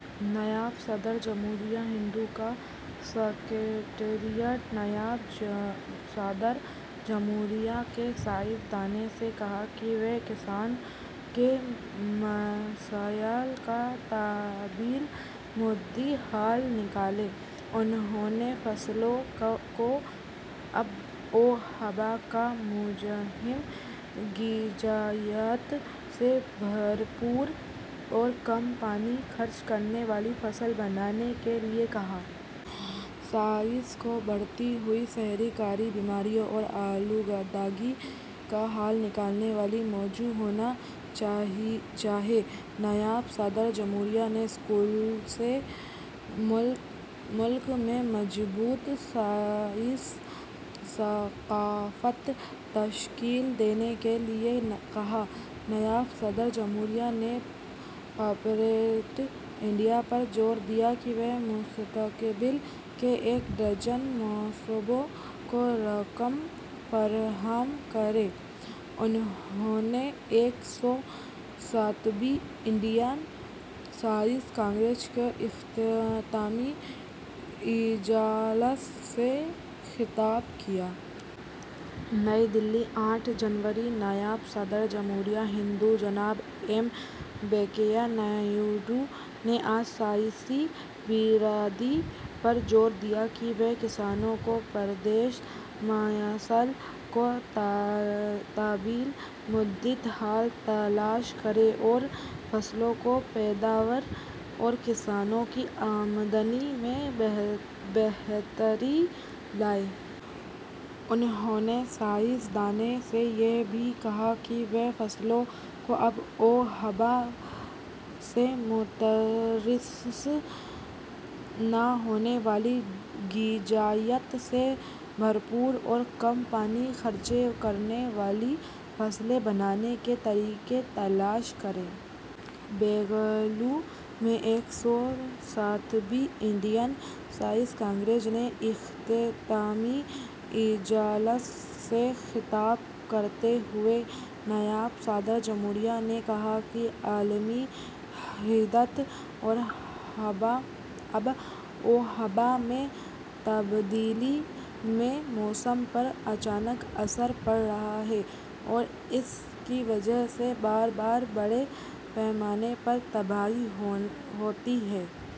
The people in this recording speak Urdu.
نائب صدر جمہوریہ ہند کا سکریٹریٹ نائب صدر جمہوریہ نے سائنس دانوں سے کہا کہ وہ کسانوں کے مسائل کا طویل مدتی حل نکالیں انہوں نے فصلوں کو آب و ہوا کا مزاحم، غذائیت سے بھرپور اور کم پانی خرچ کرنے والی فصلیں بنانے کے لیے کہا۔ سائنس کو بڑھتی ہوئی شہری کاری، بیماریوں اور آلودگی کا حل نکالنے والا موضوع ہونا چاہیے نائب صدر جمہوریہ نے اسکولوں سے ملک میں مضبوط سائنسی ثقافت تشکیل دینے کے لیے کہا نائب صدر جمہوریہ نے کارپوریٹ انڈیا پر زور دیا کہ وہ مستقبل کے ایک درجن منصوبوں کو رقم فراہم کریں انہوں نے ایک سو ساتویں انڈین سائنس کانگریس کے اختتامی اجلاس سے خطاب کیا۔ نئی دہلی، آٹھ جنوری: نائب صدر جمہوریہ ہند جناب ایم وینکیا نائیڈو نے آج سائنسی برادری پر زور دیا کہ وہ کسانوں کو درپیش مسائل کا طویل مدتی حل تلاش کریں اور فصلوں کی پیداوار اور کسانوں کی آمدنی میں بہتری لائیں۔ انہوں نے سائنس دانوں سے یہ بھی کہا کہ وہ فصلوں کو آب و ہوا سے متاثر نہ ہونے والی، غذائیت سے بھرپور اور کم پانی خرچ کرنے والی فصلیں بنانے کے طریقے تلاش کریں۔ بنگلورو میں ایک سو ساتویں انڈین سائنس کانگریس کے اختتامی اجلاس سے خطاب کرتے ہوئے نائب صدر جمہوریہ نے کہا کہ عالمی حدت اور آب و ہوا میں تبدیلی سے موسم پر اچانک اثر پڑ رہا ہے اور اس کی وجہ سے بار بار بڑے پیمانے پر تباہی ہوتی ہے۔